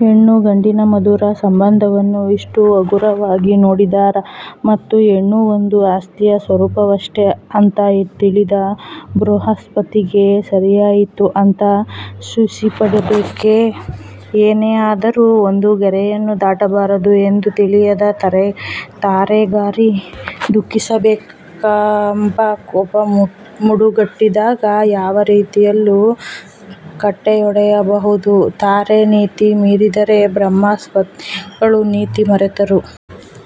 ಹೆಣ್ಣು ಗಂಡಿನ ಮಧುರ ಸಂಬಂಧವನ್ನು ಇಷ್ಟು ಹಗುರವಾಗಿ ನೋಡಿದ ಮತ್ತು ಹೆಣ್ಣು ಒಂದು ಆಸ್ತಿಯ ಸ್ವರುಪವಷ್ಟೇ ಅಂತ ತಿಳಿದ ಭ್ರುಹಸ್ಪತಿಗೆ ಸರಿಯಾಯಿತು ಅಂತ ಖುಶಿಪಡಬೇಕೇ ಏನೇ ಆದರು ಒಂದು ಗೆರೆಯನ್ನು ದಾಟಬಾರದು ಎಂದು ತಿಳಿಯದ ತಾರೆಗಾಗಿ ದುಃಖಿಸಬೇಕೆಕೋಪ ಮಡುಗಟ್ಟಿದಾಗ ಯಾವ ರೀತಿಯಲ್ಲೂ ಕಟ್ಟೆಯೊಡೆಯಬಹುದು. ತಾರೆ ನೀತಿ ಮೀರಿದರೆ ಬ್ರಹಸ್ಪತಿಗಳು ನೀತಿ ಮರೆತರು.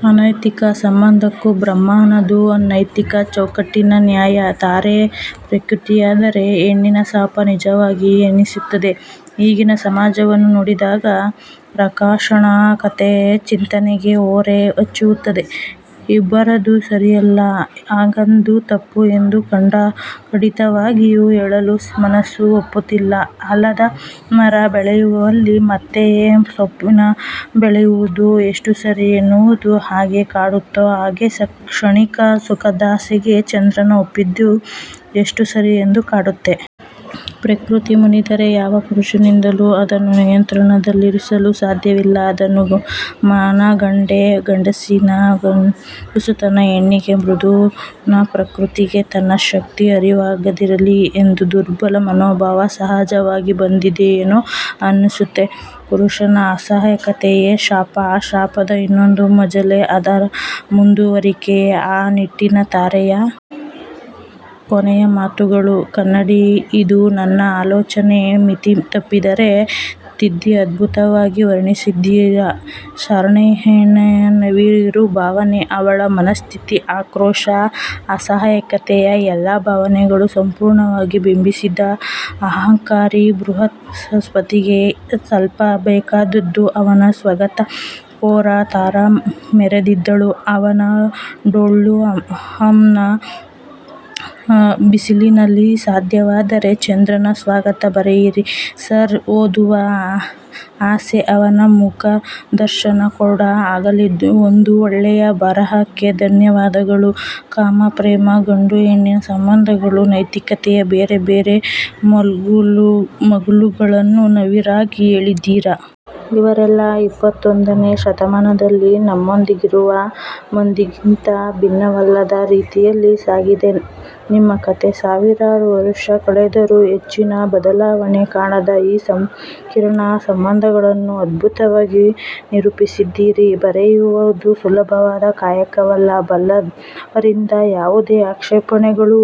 ಅನೈತಿಕ ಸಂಬಂಧಕ್ಕೂ ಬ್ರಹ್ಮನದು ನೈತಿಕ ಚೌಕಟ್ಟಿನ ನ್ಯಾಯ. ತಾರೆ ಪ್ರಕೃತಿಯಾದರೆ ಹೆಣ್ಣಿನ ಶಾಪ ನಿಜವಾಗಿದೆ ಎನಿಸುತ್ತಿದೆ ಈಗಿನ ಸಮಾಜವನ್ನು ನೋಡಿದಾಗ. ಪ್ರಕಾಶಣ್ಣ ಕಥೆ ಚಿಂತನೆಗೆ ಓರೆ ಹಚ್ಚುತ್ತದೆ. ಇಬ್ಬರದೂ ಸರಿಯಲ್ಲ ಹಾಗೆಂದು ತಪ್ಪು ಎಂದು ಖಡಾಖಂಡಿತವಾಗಿ ಹೇಳಲು ಮನಸ್ಸು ಒಪ್ಪುತ್ತಿಲ್ಲ. ಆಲದ ಮರ ಬೆಳೆಯುವಲ್ಲಿ ಮೆಂತೆಯ ಸೊಪ್ಪುನ್ಣು ಬೆಳೆಸುವುದು ಎಷ್ಟು ಸರಿ ಎನ್ನುವುದು ಹೇಗೆ ಕಾಡುತ್ತೋ ಹಾಗೆ ಕ್ಷಣಿಕ ಸುಖದಾಸೆಗೆ ಚಂದ್ರನ ಒಪ್ಪಿದ್ದೂ ಎಷ್ಟು ಸರಿ ಎಂದು ಕಾಡುತ್ತೆ. ಪ್ರಕೃತಿಯ ಮುನಿದರೆ ಯಾವ ಪುರುಷನಿಂದಲು ಅದನ್ನು ನಿಯಂತ್ರಣದಲ್ಲಿರಿಸಲು ಸಾದ್ಯವಿಲ್ಲ. ಅದನ್ನು ಮನಗಂಡೇ ಗಂಡಸಿಗೆ ಗಡಸುತನ ಹೆಣ್ಣಿಗೆ ಮೃದುತನಪ್ರಕೃತಿಗೆ ತನ್ನ ಶಕ್ತಿ ಅರಿವಾಗದಿರಲಿ ಎಂದು ದುರ್ಬಲ ಮನೋಭಾವ ಸಹಜವಾಗಿ ಬಂದಿದೆಯೇನೋ ಅನ್ಸುತ್ತೆ.. ಪುರುಷನ ಅಸಹಾಯಕತೆಯೇ ಶಾಪ. ಆ ಶಾಪದ ಇನ್ನೊಂದು ಮಜಲೇ ಅದರ ಮುಂದುವರಿಕೆಆ ನಿಟ್ಟಿನಲ್ಲಿ ತಾರೆಯ ಕೊನೆಯ ಮಾತುಗಳು ಕನ್ನಡಿಇದು ನನ್ನ ಆಲೋಚನೆಯ ಮಿತಿ ತಪ್ಪಿದ್ದರೆ ತಿದ್ದಿಅದ್ಭುತವಾಗಿ ವರ್ಣಿಸಿದ್ದೀರಾ ಸರ್ಹೆಣ್ಣಿನ ನವಿರು ಭಾವನೆ ಅವಳ ಮನಸ್ಥಿತಿ ಆಕ್ರೋಶ ಅಸಹಾಯಕತೆ ಎಲ್ಲಾ ಭಾವಗಳು ಪೂರ್ಣವಾಗಿ ಬಿಂಬಿಸಿದ್ದೀರಾಅಹಂಕಾರಿ ಬೃಹಸ್ಪತಿಗೆ ಸಲ್ಲ ಬೇಕಾದ್ದುದ್ದೆ ಅವನ ಸ್ವಗತ ಪೂರಾ ತಾರ ಮೆರೆದಿದ್ದಳು ಅವನ ಠೊಳ್ಳು ಅಹಂನ ಬಿಸಿಲನಲ್ಲಿಸಾಧ್ಯವಾದರೆ ಚಂದ್ರನ ಸ್ವಗತ ಬರೆಯಿರಿ ಸರ್ ಓದುವ ಆಸೆಅವನ ಮುಖದರ್ಶನ ಕೂಡ ಆಗಲಿಒಂದು ಒಳ್ಳೆಯ ಬರಹಕ್ಕೆ ಧನ್ಯವಾದಗಳು ಕಾಮ, ಪ್ರೇಮ, ಗಂಡು ಹೆಣ್ಣಿನ ಸಂಬಂದಗಳು, ನೈತಿಕತೆಯ ಬೇರೆಬೇರೆ ಮಗ್ಗುಲುಗಳನ್ನು ನವಿರಾಗಿ ಹೇಳಿದ್ದಿರಾ. ಇವರೆಲ್ಲ ಇಪ್ಪತ್ತೊಂದನೆಯ ಶತಮಾನದಲ್ಲಿ ನಮ್ಮೊಂದಿಗಿರುವ ಮಂದಿಗಿಂತ ಭಿನ್ನವಲ್ಲದ ರೀತಿಯಲ್ಲಿ ಸಾಗಿದೆ ನಿಮ್ಮ ಕತೆ. ಸಾವಿರಾರು ವರುಷ ಕಳೆದರೂ ಹೆಚ್ಚಿನ ಬದಲಾವಣೆ ಕಾಣದ ಈ ಸಂಕೀರ್ಣ ಸಂಬಂದಗಳನ್ನು ಅದ್ಬುತವಾಗಿ ನಿರೂಪಿಸಿದ್ಡಿರಿ. ಬರೆಯುವದು ಸುಲಭದ ಕಾಯಕವಲ್ಲ. ಬಲ್ಲವರಿಂದ ಯಾವುದೇ ಆಕ್ಷೇಪಣೆಗಳೂ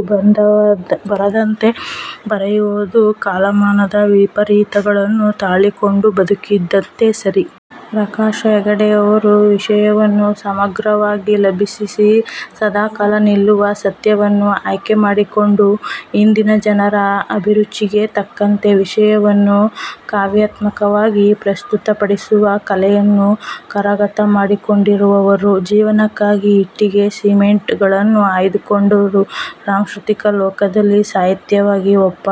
ಬರದಂತೆ ಬರೆಯುವದು ಕಾಲಮಾನದ ವಿಪರೀತಗಳನ್ನು ತಾಳಿಕೊಂಡು ಬದುಕಿದಂತೆ ಸರಿ. ಪ್ರಕಾಶ ಹೆಗಡೆಯವರು ವಿಷಯವನ್ನು ಸಮಗ್ರವಾಗಿ ಅಭ್ಯಸಿಸಿ ಸದಾಕಾಲ ನಿಲ್ಲುವ ಸತ್ಯವನ್ನು ಆಯ್ಕೆಮಾಡಿಕೊಂಡು ಇಂದಿನ ಜನರ ಅಭಿರುಚಿಗೆ ತಕ್ಕಂತೆ ವಿಷಯವನ್ನು ಕಾವ್ಯಾತ್ಮಕವಾಗಿ ಪ್ರಸ್ತುತ ಪಡಿಸುವ ಕಲೆಯನ್ನು ಕರಗತಮಾಡಿಕೊಂಡವರು. ಜೀವನಕ್ಕಾಗಿ ಇಟ್ಟಿಗೆ ಸಿಮೆಂಟ್ ಗಳನ್ನು ಆಯ್ದುಕೊಂಡರೂ ಸಾಂಸ್ಕ್ರತಿಕ ಲೋಕದಲ್ಲಿ ಸಾಹಿತ್ಯಿಕವಾಗಿ ಒಪ್ಪ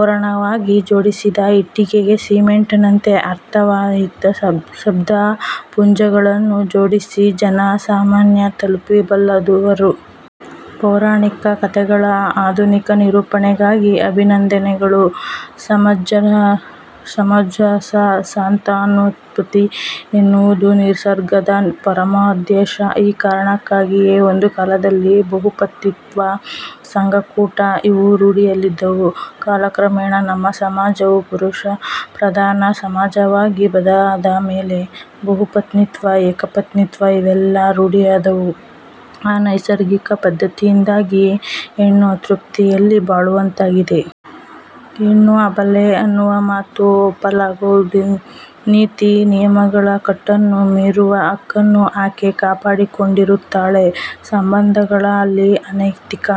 ಓರಣವಾಗಿ ಜೋಡಿಸಿದ ಇಟ್ಟಿಗೆ ಸಿಮೆಂಟಿನಂತೆ ಅರ್ಥವತ್ತಾದ ಶಬ್ದ ಪುಂಜಗಳನ್ನು ಜೋಡಿಸಿ ಜನ ಮಾನಸ ತಲುಪಬಲ್ಲವರು. ಪೌರಾಣಿಕ ಕತೆಗಳ ಆಧುನಿಕ ನಿರೂಪಣೆಗಾಗಿ ಅಭಿನಂದನೆಗಳು. ಸಮಂಜಸ ಸಂತಾನೋತ್ಪತ್ತಿ ಎನ್ನುವುದು ನಿಸರ್ಗದ ಪರಮೋದ್ದೇಶ. ಈ ಕಾರಣಕ್ಕಾಗಿಯೇ ಒಂದು ಕಾಲದಲ್ಲಿ ಬಹುಪತಿತ್ವ, ಸಂಘಕೂಟ ಇವು ರೂಢಿಯಲ್ಲಿದ್ದವು. ಕಾಲಕ್ರಮೇಣ ನಮ್ಮ ಸಮಾಜವು ಪುರುಷಪ್ರಧಾನ ಸಮಾಜವಾಗಿ ಬದಲಾದ ಮೇಲೆ ಬಹುಪತ್ನಿತ್ವ ಏಕಪತಿತ್ವ ಇವೆಲ್ಲ ರೂಢಿಯಾದವು. ಈ ಅನೈಸರ್ಗಿಕ ಪದ್ಧತಿಯಿಂದಾಗಿ ಹೆಣ್ಣು ಅತೃಪ್ತಿಯಲ್ಲಿ ಬಾಳುವಂತಾಗಿದೆ. ಹೆಣ್ಣು ಅಬಲೆ ಅನ್ನುವ ಮಾತು ಒಪ್ಪಲಾಗದುನೀತಿ ನಿಯಮಗಳ ಕಟ್ಟನ್ನು ಮೀರುವ ಹಕ್ಕನ್ನು ಆಕೆ ಕಾಪಾಡಿಕೊಂಡಿರುತ್ತಾಳೆಸಂಬಂಧಗಳಲ್ಲಿ ಅನೈತಿಕ